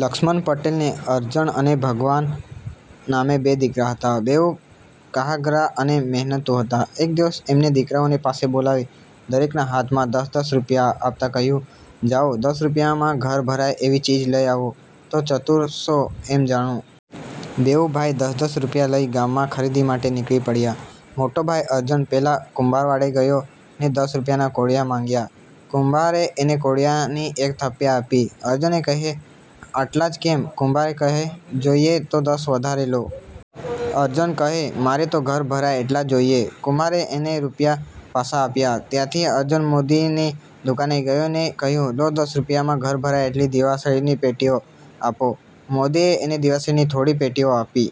લક્ષ્મણ પટેલને અરજણ અને ભગવાન નામે બે દીકરા હતા. બેઉ કહ્યાગરા અને મહેનતુ હતા. એક દિવસ એમણે દીકરાઓને પાસે બોલાવી, દરેકના હાથમાં દશ-દશ રૂપિયા આપતાં કહ્યું, જાઓ, દશ રૂપિયામાં ઘર ભરાય એવી ચીજ લઈ આવો તો ચતુર છો એમ જાણું. બેઉ ભાઈ દશ-દશ રૂપિયા લઈ ગામમાં ખરીદી માટે નીકળી પડ્યા. મોટો ભાઈ અરજણ પહેલાં કુંભારવાડે ગયો ને દશ રૂપિયાનાં કોડિયાં માગ્યાં. કુંભારે એને કોડિયાંની એક થપ્પી આપી. અરજણ કહે: આટલાં જ કેમ? કુંભાર કહે: 'જોઈએ તો દશ વધારે લો. અરજણ કહે: મારે તો ઘર ભરાય એટલાં જોઈએ. કુંભારે એને રૂપિયા પાછા આપ્યા. ત્યાંથી અરજણ મોદીની દુકાને ગયો ને કહ્યું: લો દશ રૂપિયામાં ઘર ભરાય એટલી દીવાસળીની પેટીઓ આપો. મોદીએ એને દીવાસળીની થોડી પેટીઓ આપી.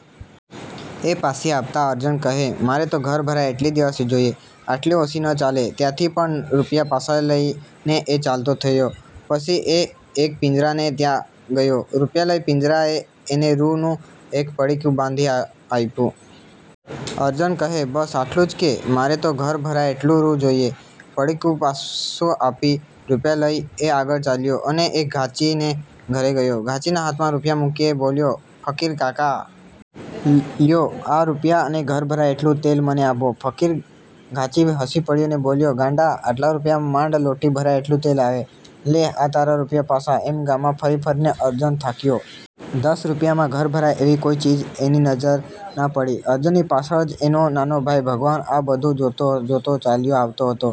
એ પાછી આપતાં અરજણ કહે, મારે તો ઘર ભરાય એટલી દીવાસળી જોઈએ. આટલી ઓછી ન ચાલે. ત્યાંથી પણ રૂપિયા પાછા લઈને એ ચાલતો થયો. પછી એ એક પીંજારાને ત્યાં ગયો. રૂપિયા લઈ પીંજારાએ એને રૂનું એક પડીકું બાંધી આપ્યું. અરજણ કહે, બસ, આટલું જ કે? મારે તો ઘર ભરાય એટલું રૂ જોઈએ. પડીકું પાછું આપી, રૂપિયા લઈ, એ આગળ ચાલ્યો અને એક ઘાંચીને ઘેર ગયો. ઘાંચીના હાથમાં રૂપિયા મૂકી એ બોલ્યો: ફકીરકાકા! લ્યો આ રૂપિયા અને ઘર ભરાય એટલું તેલ મને આપો. ફકીર ઘાંચી હસી પડ્યો ને બોલ્યો, ગાંડા! આટલા રૂપિયામાં માંડ લોટી ભરાય એટલું તેલ આવે. લે, આ તારા રૂપિયા પાછા. એમ ગામમાં ફરી ફરીને અરજણ થાક્યો. દશ રૂપિયામાં ઘર ભરાય એવી કોઈ ચીજ એની નજરે ના પડી. અરજણની પાછળ જ એનો નાનો ભાઈ ભગવાન આ બધું જોતો જોતો ચાલ્યો આવતો હતો.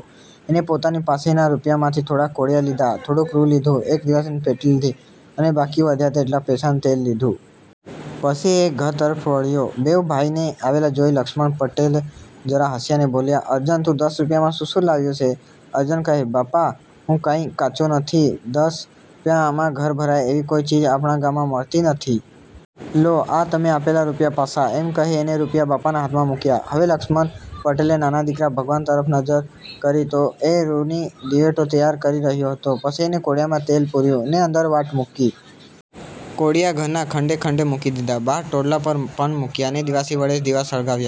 એણે પોતાની પાસેના રૂપિયામાંથી થોડાં કોડિયાં લીધાં. થોડુંક રૂ લીધું, એક દીવાસળીની પેટી લીધી અને બાકી વધ્યા તેટલા પૈસાનું તેલ લીધું. પછી એ ઘર તરફ વળ્યો. બેઉ ભાઈને આવેલા જોઈ લક્ષ્મણ પટેલ જરા હસ્યા ને બોલ્યા, અરજણ! તું દશ રૂપિયામાં શું શું લાવ્યો છે? અરજણ કહે, બાપા! હું કાંઈ કાચો નથી. દશ રૂપિયામાં ઘર ભરાય એવી કોઈ ચીજ આપણા ગામમાં મળતી નથી. લો, આ તમે આપેલા રૂપિયા પાછા. એમ કહી એણે રૂપિયા બાપાના હાથમાં મૂક્યા.. હવે લક્ષ્મણ પટેલે નાના દીકરા ભગવાન તરફ નજર કરી તો એ રૂની દિવેટો તૈયાર કરી રહ્યો હતો. પછી એણે કોડિયામાં તેલ પૂર્યું ને અંદર વાટ મૂકી. કોડિયાં ઘરના ખંડે ખંડે મૂકી દીધાં. બહાર ટોડલા પર પણ મૂક્યાં, ને દીવાસળી વડે દીવા સળગાવ્યા.